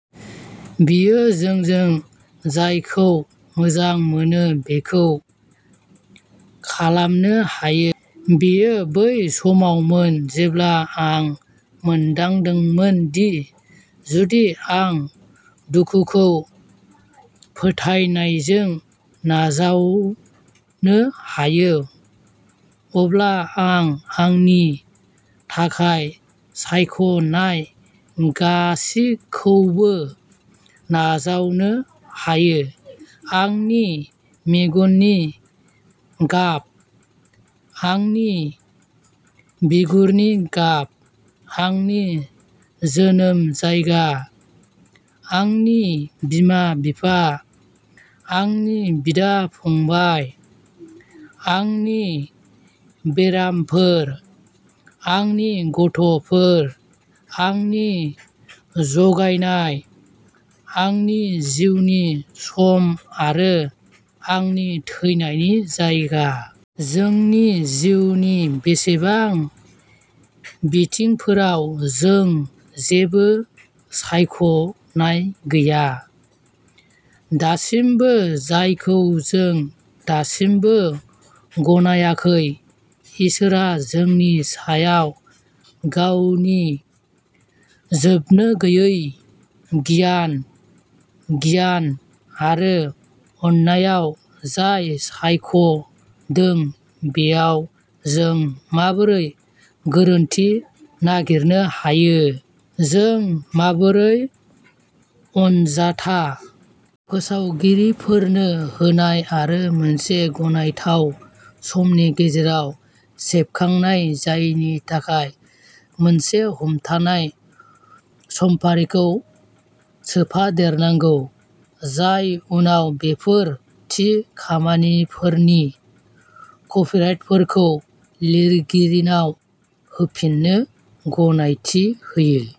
बियो जोंजों जायखौ मोजां मोनो बेखौ खालामनो हायो। बेयो बै समावमोन जेब्ला आं मोनदांदोंमोन दि जुदि आं दुखुखौ फोथायनायजों नाजावनो हायो, अब्ला आं आंनि थाखाय सायख'नाय गासिबोखौ नाजावनो हायो आंनि मेगननि गाब, आंनि बिगुरनि गाब, आंनि जोनोम जायगा, आंनि बिमा-बिफा, आंनि बिदा-फंबाय, आंनि बेरामफोर, आंनि गथ'फोर, आंनि जगायनाय, आंनि जिउनि सम आरो आंनि थैनायनि जायगा। जोंनि जिउनि बेसेबां बिथिंफोराव जों जेबो सायख'नाय गैया, दासिमबो जायखौ जों दासिमबो गनायाखै इसोरआ जोंनि सायाव गावनि जोबनोगैयै गियान, गियान आरो अननायाव जाय सायख'दों बेयाव जों माबोरै गोरोन्थि नागिरनो हायो? जों माबोरै अनजाथा फोसावगिरिफोरनो होनाय आरो मोनसे गनायथाव समनि गेजेराव सेबखांनाय जायैनि थाखाय मोनसे हमथानाय समफारिखौ सोफादेरनांगौ जाय उनाव बेफोर थि खामानिफोरनि कपिराइटफोरखौ लिरगिरिनाव होफिन्नो गनायथि होयो।